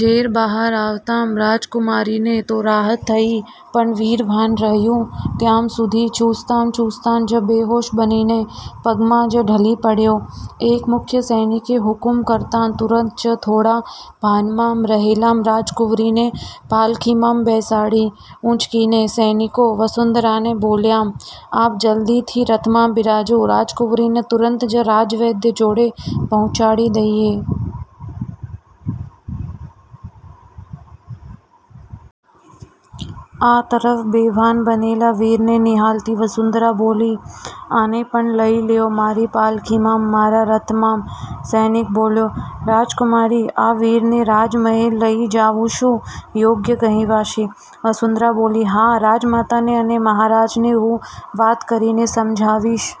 ઝેર બહાર આવતાં રાજકુમારીને તો રાહત થઈ, પણ વીર ભાન રહ્યુ ત્યાં સુધી ચૂસતાં-ચૂસતાં જ બેહોશ બનીને પગમાં જ ઢળી પડ્યો. એક મુખ્ય સૈનિકે હુકમ કરતાં તરત જ થોડાં ભાનમાં રહેલાં રાજકુંવરીને પાલખીમાં બેસાડી ઉંચકીને સૈનિકો વસુંધરાને બોલ્યાં,"આપ જલ્દીથી રથમાં બિરાજો, રાજકુંવરીને તરત જ રાજવૈદ્ય જોડે પહોંચાડી દઈએ." આ તરફ બેભાન બનેલા વીરને નિહાળતી વસુંધરા બોલી,"આને પણ લઈ લ્યો મારી પાલખીમાં મારાં રથમાં." સૈનિક બોલ્યો,"રાજકુમારી આ વીરને રાજમહેલ લઈ જવો શું યોગ્ય કહેવાશે?" વસુંધરા બોલી,"હા રાજમાતાને અને મહારાજને હું વાત કરીને સમજાવીશ.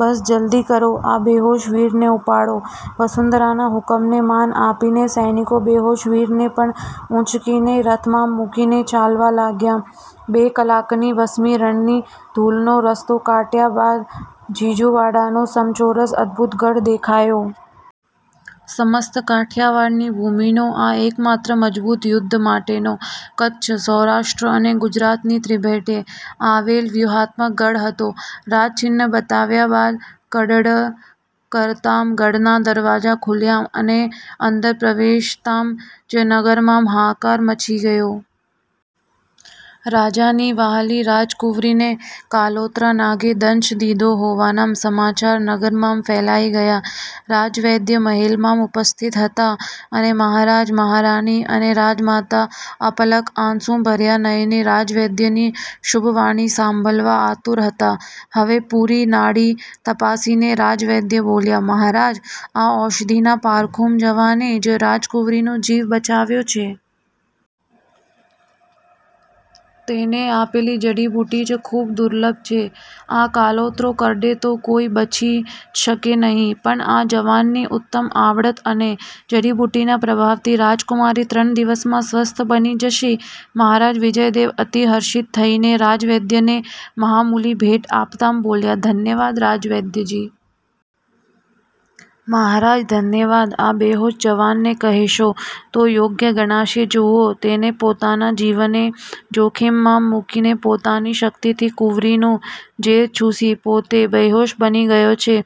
બસ જલ્દી કરો આ બેહોશ વીરને ઉપાડો." વસુંધરાનાં હુકમને માન આપીને સૈનિકો બેહોશ વીરને પણ ઉંચકીને રથમાં મૂકીને ચાલવા લાગ્યાં. બે કલાકની વસમી રણની ધૂળનો રસ્તો કાપ્યા બાદ ઝીંઝુવાડાનો સમચોરસ અદભુત ગઢ દેખાયો. સમસ્ત કાઠિયાવાડની ભૂમિનો આ એકમાત્ર મજબૂત યુદ્ધ માટેનો કચ્છ, સૌરાષ્ટ્ર અને ગુજરાતની ત્રિભેટે આવેલ વ્યૂહાત્મક ગઢ હતો. રાજચિહ્ન બતાવ્યા બાદ કડડડ કરતાં ગઢનાં દરવાજા ખુલ્યાં, અને અંદર પ્રવેશતાં જ નગરમાં હાહાકાર મચી ગયો. રાજાની વ્હાલી રાજકુંવરીને કાળોતરા નાગે દંશ દીધો હોવાના સમાચાર નગરમાં ફેલાઈ ગયાં. રાજવૈદ્ય મહેલમાં ઉપસ્થિત હતાં, અને મહારાજ, મહારાણી, અને રાજમાતાં અપલક આસુંભર્યા નયને રાજવૈદ્યની શુભવાણી સાંભળવા આતુર હતાં. હવે પુરી નાડી તપાસીને રાજવૈદ્ય બોલ્યાં,"મહારાજ આ ઔષઘીના પારખું યુવાને જ રાજકુંવરીનો જીવ બચાવ્યો છે. તેને આપેલ જડીબુટ્ટી ખુબ જ દુર્લભ છે. આ કાળોતરો કરડે તો કોઈ બચી જ શકે નહીં, પણ આ યુવાનની ઉત્તમ આવડત અને જડીબુટ્ટીના પ્રભાવથી રાજકુંવરી ત્રણ દિવસમાં સ્વસ્થ બની જશે." મહારાજ વિજયદેવ અતિ હર્ષિત થઈને રાજવૈદ્યને મહામૂલી ભેટ આપતાં બોલ્યાં,"ધન્યવાદ રાજવૈદ્યજી." મહારાજ ધન્યવાદ આ બેહોશ જુવાનને કહેશો તો યોગ્ય ગણાશે. જુવો તેને પોતાનો જીવ જોખમમાં મૂકીને પોતાની શક્તિથી કુંવરીનું ઝેર ચૂસી પોતે બેહોશ બની ગયો છે.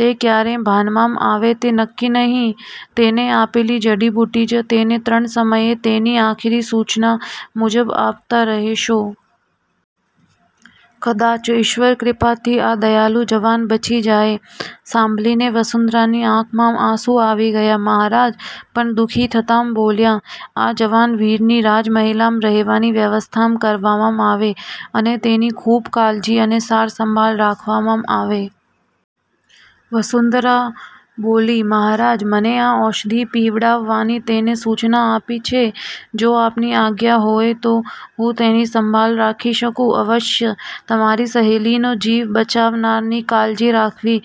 તે કયારે ભાનમાં આવે તે નકકી નહીં. તેની આપેલ જડીબુટ્ટી જ તેને ત્રણ સમય તેની આખરી સૂચના મુજબ આપતાં રહેજો. કદાચ ઈશ્વરકૃપાથી આ દયાળુ જુવાન બચી જાય." સાંભળીને વસુંધરાની આંખમાં આંસું આવી ગયાં. મહારાજ પણ દુખી થતાં બોલ્યાં,"આ યુવાન વીરની રાજમહેલમાં રહેવાની વ્યવસ્થા કરવામાં આવે, અને તેની ખુબ કાળજી અને સાર સંભાળ રાખવામાં આવે." વસુંધરા બોલી,"મહારાજ મને આ ઔષધિ પીવડાવવાની તેણે સૂચના આપી છે. જો આપની આજ્ઞા હોય તો હું તેની સંભાળ રાખી શકું?" "અવશ્ય. તમારી સહેલીનો જીવ બચાવનારની કાળજી રાખવી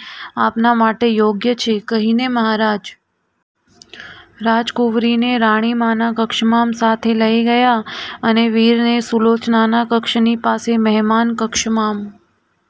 આપના માટે યોગ્ય છે." કહીને મહારાજ રાજકુમારીને રાણીમાના કક્ષમાં સાથે લઈ ગયાં અને વીરને સુલોચનાના કક્ષની પાસે મહેમાન કક્ષમાં